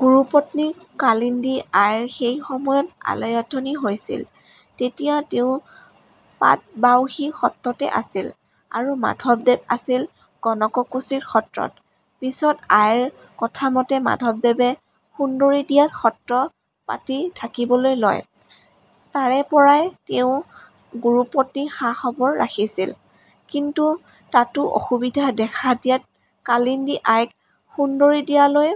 গুৰুপত্নী কালিন্দী আইৰ সেই সময়ত আলাই-আথানি হৈছিল৷ তেতিয়া তেওঁ পাটবাউসী সত্ৰতে আছিল আৰু মাধবদেৱ আছিল গণককুছি সত্ৰত৷ পিছত আইৰ কথামতে মাধবদেৱে সুন্দৰীদিয়াত সত্ৰ পাতি থাকিবলৈ লয়৷ তাৰেপৰাই তেওঁ গুৰুপত্নীৰ খা-খবৰ ৰাখিছিল৷ কিন্তু, তাতো অসুবিধা দেখা দিয়াত কালিন্দী আইক সুন্দৰীদিয়ালৈ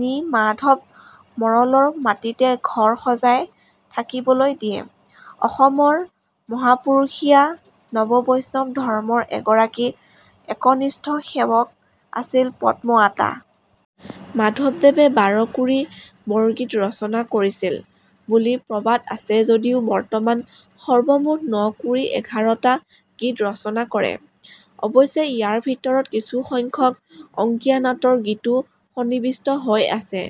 নি মাধৱ মৰলৰ মাটিতে ঘৰ সজাই থাকিবলৈ দিয়ে৷ অসমৰ মহাপুৰুষীয়া নৱ-বৈষ্ণৱ ধৰ্মৰ এগৰাকী একনিষ্ঠ সেৱক আছিল পদ্ম আতা। মাধৱদেৱে বাৰকুৰি বৰগীত ৰচনা কৰিছিল বুলি প্ৰবাদ আছে যদিও বৰ্তমান সৰ্বমুঠ নকুৰি এঘাৰটা গীত ৰচনা কৰে। অৱশ্যে ইয়াৰ ভিতৰত কিছু সংখ্যক অংকীয়া নাট ৰ গীতো সন্নিৱিষ্ট হৈ আছে।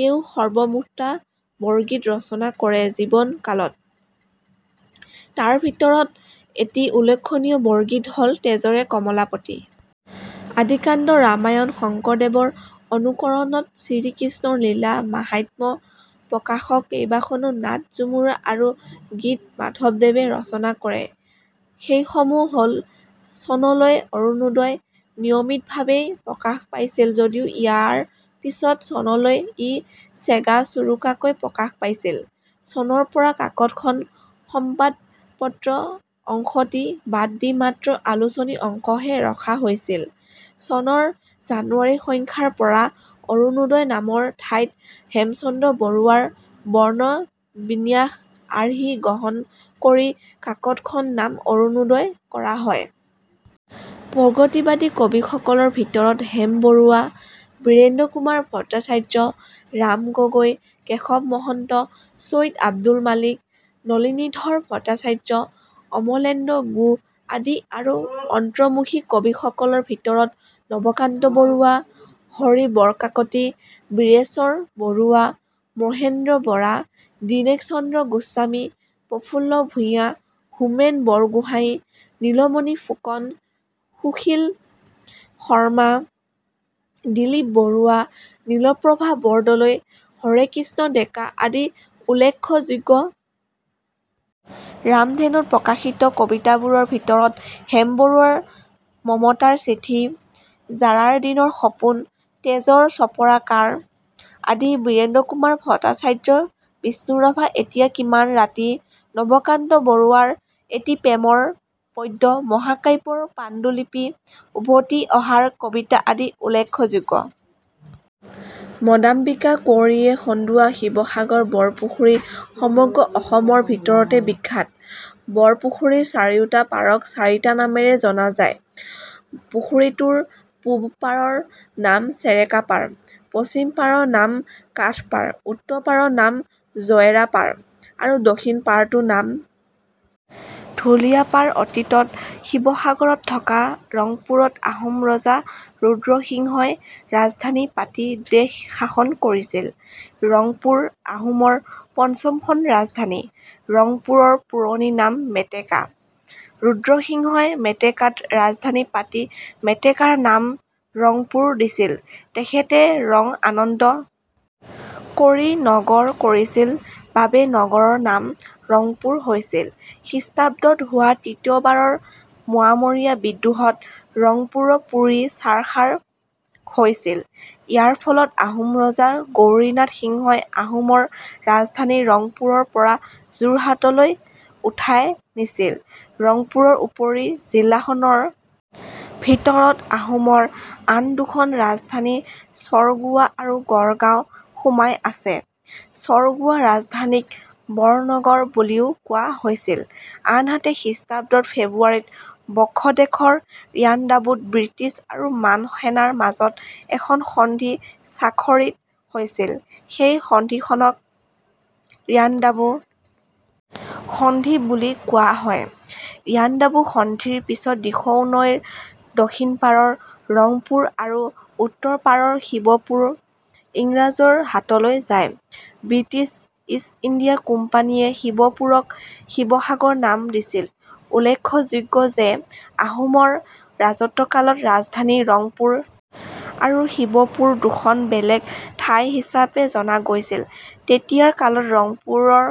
তেওঁ সৰ্বমুঠ টা বৰগীত ৰচনা কৰে জীৱন কালত, তাৰ ভিতৰত এটি উল্লেখনীয় বৰগীত হ'ল – তেজৰে কমলাপতি। আদিকাণ্ড ৰামায়ণ শংকৰদেৱৰ অনুকৰণত শ্ৰীকৃষ্ণৰ লীলা-মাহাত্ম্য প্ৰকাশক কেইবাখনো নাট- ঝুমুৰা আৰু গীত মাধৱদেৱে ৰচনা কৰে। সেইসমূহ হ'ল:। চনলৈ অৰুনোদই নিয়মিতভাৱেই প্ৰকাশ পাইছিল যদিও ইয়াৰ পিছত চনলৈ ই চেগা-চোৰোকাকৈ প্ৰকাশ পাইছিল৷ চনৰ পৰা কাকতখনৰ 'সম্বাদ পত্ৰ' অংশটি বাদ দি মাত্ৰ আলোচনী অংশহে ৰখা হৈছিল৷ চনৰ জানুৱাৰী সংখ্যাৰ পৰা 'অৰুনোদই' নামৰ ঠাইত হেমচন্দ্ৰ বৰুৱা ৰ বৰ্ণ-বিন্যাস আৰ্হি গ্ৰহণ কৰি কাকতখনৰ নাম "অৰুণোদয়'' কৰা হয়৷। প্ৰগতিবাদী কবিসকলৰ ভিতৰত হেম বৰুৱা, বীৰেন্দ্ৰ কুমাৰ ভট্টাচাৰ্য, ৰাম গগৈ, কেশৱ মহন্ত, চৈয়দ আব্দুল মালিক, নলিনীধৰ ভট্টাচাৰ্য, অমলেন্দু গুহ আদি আৰু অন্তৰ্মুখী কবিসকলৰ ভিতৰত নৱকান্ত বৰুৱা, হৰি বৰকাকতি, বীৰেশ্বৰ বৰুৱা, মহেন্দ্ৰ বৰা, দিনেশ চন্দ্ৰ গোস্বামী, প্ৰফুল্ল ভূঞা, হোমেন বৰগোহাঞি, নীলমণি ফুকন, সুশীল শৰ্মা, দিলীপ বৰুৱা, নিৰ্মলপ্ৰভা বৰদলৈ, হৰেকৃষ্ণ ডেকা আদি উল্লেখযোগ্য। ৰামধেনুত প্ৰকাশিত কবিতাবোৰৰ ভিতৰত হেম বৰুৱা ৰ মমতাৰ চিঠি, জাৰৰ দিনৰ সপোন, তেজৰ চপৰা কাৰ? আদি, বীৰেন্দ্ৰ কুমাৰ ভট্টাচাৰ্যৰ বিষ্ণুৰাভা এতিয়া কিমান ৰাতি, নৱকান্ত বৰুৱাৰ এটি প্ৰেমৰ পদ্য, মহাকাব্যৰ পাণ্ডুলিপি, উভতি অহাৰ কবিতা আদি উল্লেখযোগ্য। মদাম্বিকা কুঁৱৰীয়ে খন্দোৱা শিৱসাগৰ বৰপুখুৰী সমগ্ৰ অসমৰ ভিতৰতে বিখ্যাত৷ বৰপুখুৰীৰ চাৰিওটা পাৰক চাৰিটা নামেৰে জনা যায়৷ পুখুৰীটোৰ পূৱ পাৰৰ নাম চেৰেকাপাৰ, পশ্চিম পাৰৰ নাম কাথপাৰ, উত্তৰ পাৰৰ নাম জয়ৰাপাৰ আৰু দক্ষিণ পাৰটোৰ নাম ঢুলীয়াপাৰ৷ অতীতত শিৱসাগৰত থকা ৰংপুৰত আহোম ৰজা ৰুদ্ৰ সিংহই ৰাজধানী পাতি দেশ শাসন কৰিছিল৷ ৰংপুৰ আহোমৰ পঞ্চমখন ৰাজধানী৷ ৰংপুৰৰ পুৰণি নাম 'মেটেকা'৷ ৰুদ্ৰ সিংহই মেটেকাত ৰাজধানী পাতি মেটেকাৰ নাম ৰংপুৰ দিছিল৷ তেখেতে ৰং-আনন্দ কৰি নগৰ কৰিছিল বাবে নগৰৰ নাম ৰংপুৰ হৈছিল৷ খ্ৰিষ্টাব্দত হোৱা তৃতীয়বাৰৰ মোৱামৰীয়া বিদ্ৰোহত ৰংপুৰ পুৰি ছাৰখাৰ হৈছিল৷ ইয়াৰ ফলত আহোম ৰজা গৌৰীনাথ সিংহই আহোমৰ ৰাজধানী ৰংপুৰৰ পৰা যোৰহাটলৈ উঠাই নিছিল৷ ৰংপুৰৰ উপৰি জিলাখনৰ ভিতৰত আহোমৰ আন দুখন ৰাজধানী চৰগুৱা আৰু গড়গাঁও সোমাই আছে৷ চৰগুৱা ৰাজধানীক বৰনগৰ বুলিও কোৱা হৈছিল৷ আনহাতে, খ্ৰিষ্টাব্দৰ ফেব্ৰুৱাৰিত ব্ৰহ্মদেশৰ ইয়াণ্ডাবুত ব্ৰিটিছ আৰু মান সেনাৰ মাজত এখন সন্ধি স্বাক্ষৰিত হৈছিল৷ সেই সন্ধিখনক 'ইয়াণ্ডাবু সন্ধি' বুলি কোৱা হয়৷ ইয়াণ্ডাবু সন্ধিৰ পিছত দিখৌ নৈৰ দক্ষিণ পাৰৰ ৰংপুৰ আৰু উত্তৰ পাৰৰ শিৱপুৰ ইংৰাজৰ হাতলৈ যায়৷ ব্ৰিটিছ ইষ্ট ইণ্ডিয়া কোম্পানীয়ে শিৱপুৰক 'শিৱসাগৰ' নাম দিছিল৷ উল্লেখযোগ্য যে আহোমৰ ৰাজত্বকালত ৰাজধানী ৰংপুৰ আৰু শিৱপুৰ দুখন বেলেগ ঠাই হিচাপে জনা গৈছিল৷ তেতিয়াৰ কালত ৰংপুৰৰ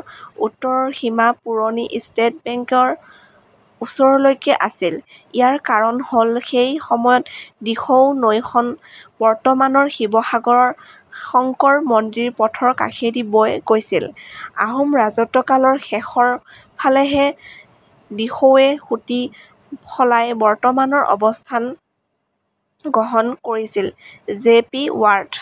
উত্তৰৰ সীমা পুৰণি ষ্টেট বেংকৰ ওচৰলৈকে আছিল৷ ইয়াৰ কাৰণ হ'ল সেই সময়ত দিখৌ নৈখন বৰ্তমানৰ শিৱসাগৰৰ শংকৰ মন্দিৰ পথৰ কাষেদি বৈ গৈছিল৷ আহোম ৰাজত্বকালৰ শেষৰ ফালেহে দিখৌৱে সুঁতি সলাই বৰ্তমানৰ অৱস্থান গ্ৰহণ কৰিছিল৷ জে পি ৱাৰ্ড.